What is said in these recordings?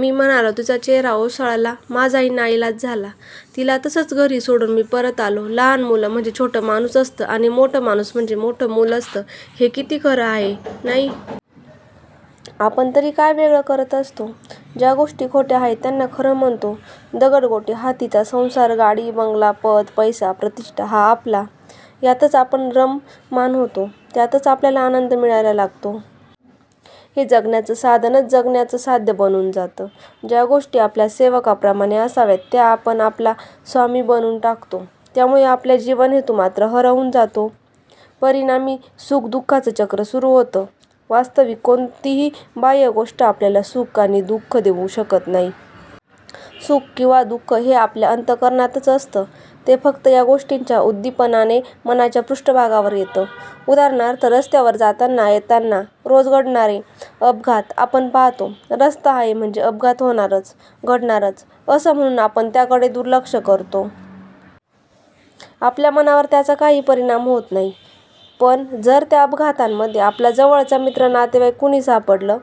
मी म्हणालो. तिचा चेहरा ओशाळला. माझाही नाईलाज झाला. तिला तसंच घरी सोडून, मी परत आलो. लहान मूल म्हणजे छोटं माणूस असतं आणि मोठं माणूस म्हणजे मोठं मूल असतं. हे किती खरं आहे नाही? आपण तरी काय वेगळं करत असतो? ज्या गोष्टी खोट्या आहेत त्यांना खरं म्हणतो. दगडगोटे हा तिचा संसार. गाडी, बंगला, पद, पैसा, प्रतिष्ठा हा आपला! यातच आपण रममाण होतो. त्यातच आपल्याला आनंद मिळायला लागतो. हे जगण्याचं साधनच जगण्याचं साध्य बनून जातं. ज्या गोष्टी आपल्या सेवकाप्रमाणे असाव्यात त्यांना आपण आपला स्वामी बनवून टाकतो. त्यामुळे आपला जीवनहेतू मात्र हरवून जातो. परिणामी सुखदु:खाचं चक्र सुरू होतं. वास्तविक कोणतीही बाह्य गोष्ट आपल्याला सुख किंवा दुःख देऊ शकत नाही. सुख किंवा दुःख हे आपल्या अंत:करणातच असतं. ते फक्त या गोष्टींच्या उद्दीपनाने मनाच्या पृष्ठभागावर येतं. उदाहरणार्थ, रस्त्यावर जाताना येताना रोज घडणारे अपघात आपण पाहतो. रस्ता आहे म्हणजे अपघात होणारच, घडणारच असं म्हणून आपण त्याकडे दुर्लक्ष करतो. आपल्या मनावर त्याचा काहीही परिणाम होत नाही, पण जर त्या अपघातांमध्ये आपला जवळचा मित्र, नातेवाईक कुणी सापडलं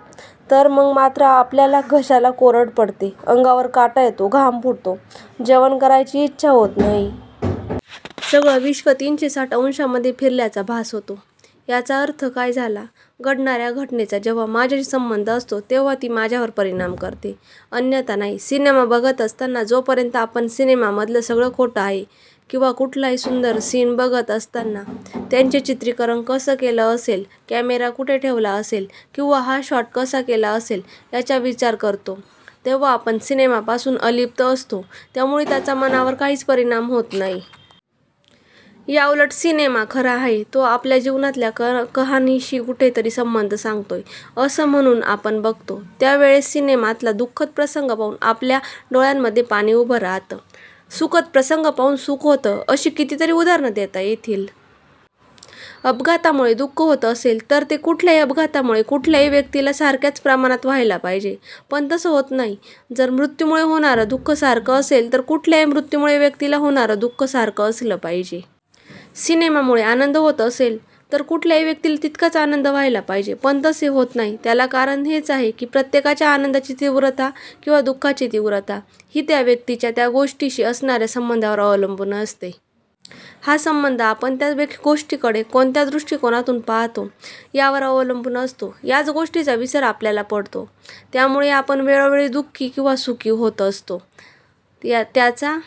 तर? मग मात्र आपल्या घशाला कोरड पडते. अंगावर काटा येतो. घाम फुटतो. जेवण करायची इच्छा होत नाही. सगळं विश्व तीनशे साठ अंशामध्ये फिरल्याचा भास होतो. याचा अर्थ काय झाला? घडणाऱ्या घटनेचा जेव्हा माझ्याशी संबंध असतो तेव्हा ती माझ्यावर परिणाम करते, अन्यथा नाही. सिनेमा बघत असताना जोपर्यंत आपण सिनेमामधलं सगळं खोटं आहे किंवा कुठलाही सुंदर सीन बघत असताना त्याचे चित्रीकरण कसं केलं असेल, कॅमेरा कुठे ठेवला असेल किंवा हा शॉट कसा केला असेल याचा विचार करतो तेव्हा आपण सिनेमापासून अलिप्त असतो, त्यामुळे त्याचा मनावर काहीच परिणाम होत नाही. याउलट सिनेमा खरा आहे. तो आपल्या जीवनातल्या कहाणीशी कुठेतरी संबंध सांगतोय असं म्हणून आपण बघतो, त्या वेळेस सिनेमातला दुःखद प्रसंग पाहून आपल्या डोळ्यांमध्ये पाणी उभं राहतं. सुखद प्रसंग पाहून सुख होतं. अशी कितीतरी उदाहरणं देता येतील. अपघातामुळे दुःख होत असेल तर ते कुठल्याही अपघातामुळे कुठल्याही व्यक्तीला सारख्याच प्रमाणात व्हायला पाहिजे, पण तसं होत नाही. जर मृत्यूमुळे होणारं दुःख सारखं असेल तर कुठल्याही मृत्यूमुळे व्यक्तीला होणारं दुःख सारखं असलं पाहिजे. सिनेमामुळे आनंद होत असेल तर कुठल्याही व्यक्तीला तितकाच आनंद व्हायला पाहिजे, पण तसे होत नाही, त्याला कारण हेच आहे की प्रत्येकाच्या आनंदाची तीव्रता किंवा दुःखाची तीव्रता ही त्या व्यक्तीच्या त्या गोष्टीशी असणाऱ्या संबंधावर अवलंबून असते. हा संबंध आपण त्या गोष्टीकडे कोणत्या दृष्टीकोनातून पाहतो यावर अवलंबून असतो. याच गोष्टीचा विसर आपल्याला पडतो. त्यामुळे आपण वेळोवेळी दुःखी किंवा सुखी होत असतो. त्याचा